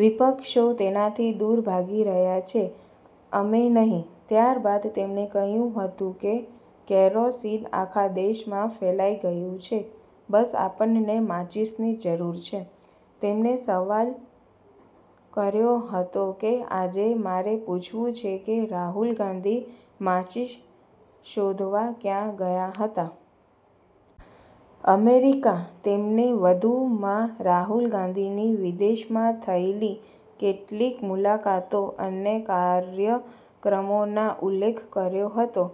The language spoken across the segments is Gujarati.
વિપક્ષો તેનાથી દૂર ભાગી રહ્યા છે, અમે નહીં. ત્યારબાદ તેમણે કહ્યું હતું કે કેરોસીન આખા દેશમાં ફેલાઈ ગયું છે, બસ આપણને માચીસની જરૂર છે. તેમણે સવાલ કર્યો હતો કે, “આજે મારે પૂછવું છે કે રાહુલ ગાંધી માચીસ શોધવા ક્યાં ગયા હતા? અમેરિકા?” તેમણે વધુમાં રાહુલ ગાંધીની વિદેશમાં થયેલી કેટલીક મુલાકાતો અને કાર્યક્રમોનો ઉલ્લેખ કર્યો હતો.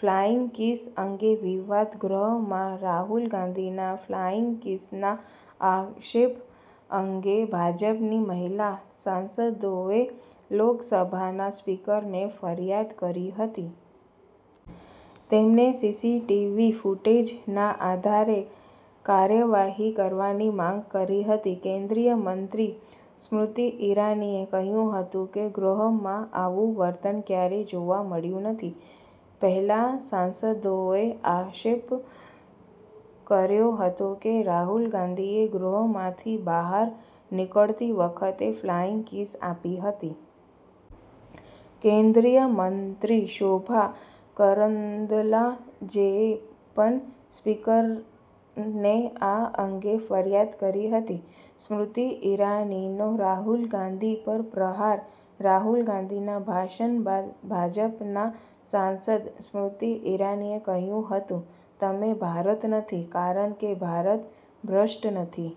ફ્લાઈંગ કિસ અંગે વિવાદ ગૃહમાં રાહુલ ગાંધીના ફ્લાઈંગ કિસના આક્ષેપ અંગે ભાજપની મહિલા સાંસદોએ લોકસભાના સ્પીકરને ફરિયાદ કરી હતી. તેમણે સીસીટીવી ફૂટેજના આધારે કાર્યવાહી કરવાની માંગ કરી હતી. કેન્દ્રીય મંત્રી સ્મૃતિ ઈરાનીએ કહ્યું હતું કે ગૃહમાં આવું વર્તન ક્યારેય જોવા મળ્યું નથી. મહિલા સાંસદોએ આક્ષેપ કર્યો હતો કે રાહુલ ગાંધીએ ગૃહમાંથી બહાર નીકળતી વખતે ફ્લાઈંગ કિસ આપી હતી. કેન્દ્રીય મંત્રી શોભા કરંદલાજેએ પણ સ્પીકરને આ અંગે ફરિયાદ કરી હતી. સ્મૃતિ ઈરાનીનો રાહુલ ગાંધી પર પ્રહાર રાહુલ ગાંધીના ભાષણ બાદ ભાજપના સાંસદ સ્મૃતિ ઈરાનીએ કહ્યું હતું, “તમે ભારત નથી, કારણ કે ભારત ભ્રષ્ટ નથી.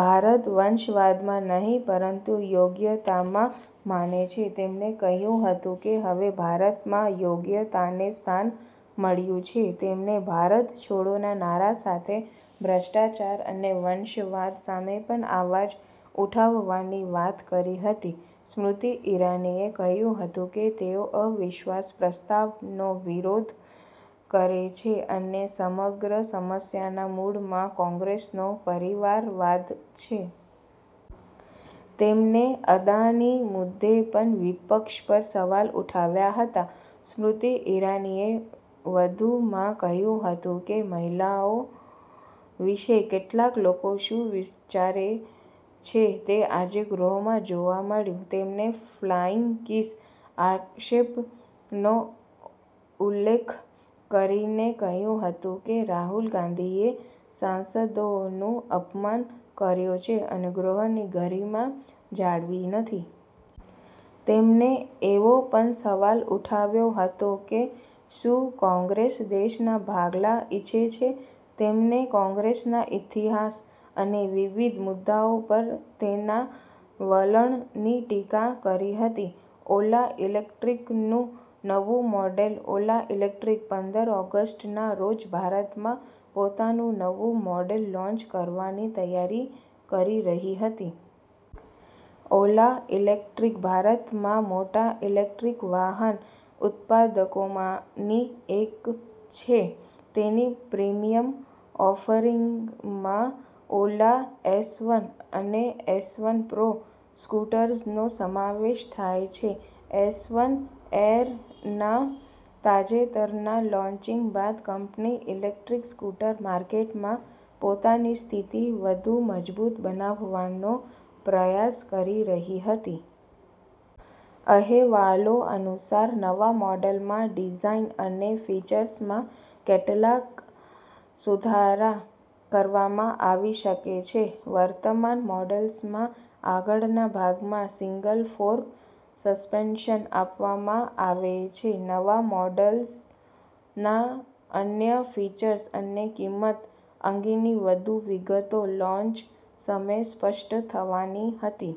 ભારત વંશવાદમાં નહીં, પરંતુ યોગ્યતામાં માને છે.” તેમણે કહ્યું હતું કે હવે ભારતમાં યોગ્યતાને સ્થાન મળ્યું છે. તેમણે “ભારત છોડો”ના નારા સાથે ભ્રષ્ટાચાર અને વંશવાદ સામે પણ અવાજ ઉઠાવવાની વાત કરી હતી. સ્મૃતિ ઈરાનીએ કહ્યું હતું કે તેઓ અવિશ્વાસ પ્રસ્તાવનો વિરોધ કરે છે અને સમગ્ર સમસ્યાના મૂળમાં કોંગ્રેસનો પરિવારવાદ છે. તેમણે અદાણી મુદ્દે પણ વિપક્ષ પર સવાલ ઉઠાવ્યા હતા. સ્મૃતિ ઈરાનીએ વધુમાં કહ્યું હતું કે મહિલાઓ વિશે કેટલાક લોકો શું વિચારે છે તે આજે ગૃહમાં જોવા મળ્યું. તેમણે ફ્લાઈંગ કિસના આક્ષેપનો ઉલ્લેખ કરીને કહ્યું હતું કે રાહુલ ગાંધીએ સાંસદોનું અપમાન કર્યું છે અને ગૃહની ગરિમા જાળવી નથી. તેમણે એવો પણ સવાલ ઉઠાવ્યો હતો કે શું કોંગ્રેસ દેશના ભાગલા ઈચ્છે છે. તેમણે કોંગ્રેસના ઇતિહાસ અને વિવિધ મુદ્દાઓ પર તેના વલણની ટીકા કરી હતી. ઓલા ઈલેક્ટ્રિકનું નવું મોડલ ઓલા ઈલેક્ટ્રિક પંદર ઓગસ્ટના રોજ ભારતમાં પોતાનું નવું મોડલ લોન્ચ કરવાની તૈયારી કરી રહી હતી. ઓલા ઈલેક્ટ્રિક ભારતમાં મોટા ઇલેક્ટ્રિક વાહન ઉત્પાદકોમાંની એક છે. તેની પ્રીમિયમ ઓફરિંગમાં ઓલા એસવન અને એસવન પ્રો સ્કૂટર્સનો સમાવેશ થાય છે. એસવન એરનાં તાજેતરના લોન્ચિંગ બાદ, કંપની ઇલેક્ટ્રિક સ્કૂટર માર્કેટમાં પોતાની સ્થિતિ વધુ મજબૂત બનાવવાનો પ્રયાસ કરી રહી હતી. અહેવાલો અનુસાર, નવા મોડલમાં ડિઝાઇન અને ફીચર્સમાં કેટલાક સુધારા કરવામાં આવી શકે છે. વર્તમાન મોડલ્સમાં આગળના ભાગમાં સિંગલ-ફોર્ક સસ્પેન્શન આપવામાં આવે છે. નવા મોડલના અન્ય ફીચર્સ અને કિંમત અંગેની વધુ વિગતો લોન્ચ સમયે સ્પષ્ટ થવાની હતી.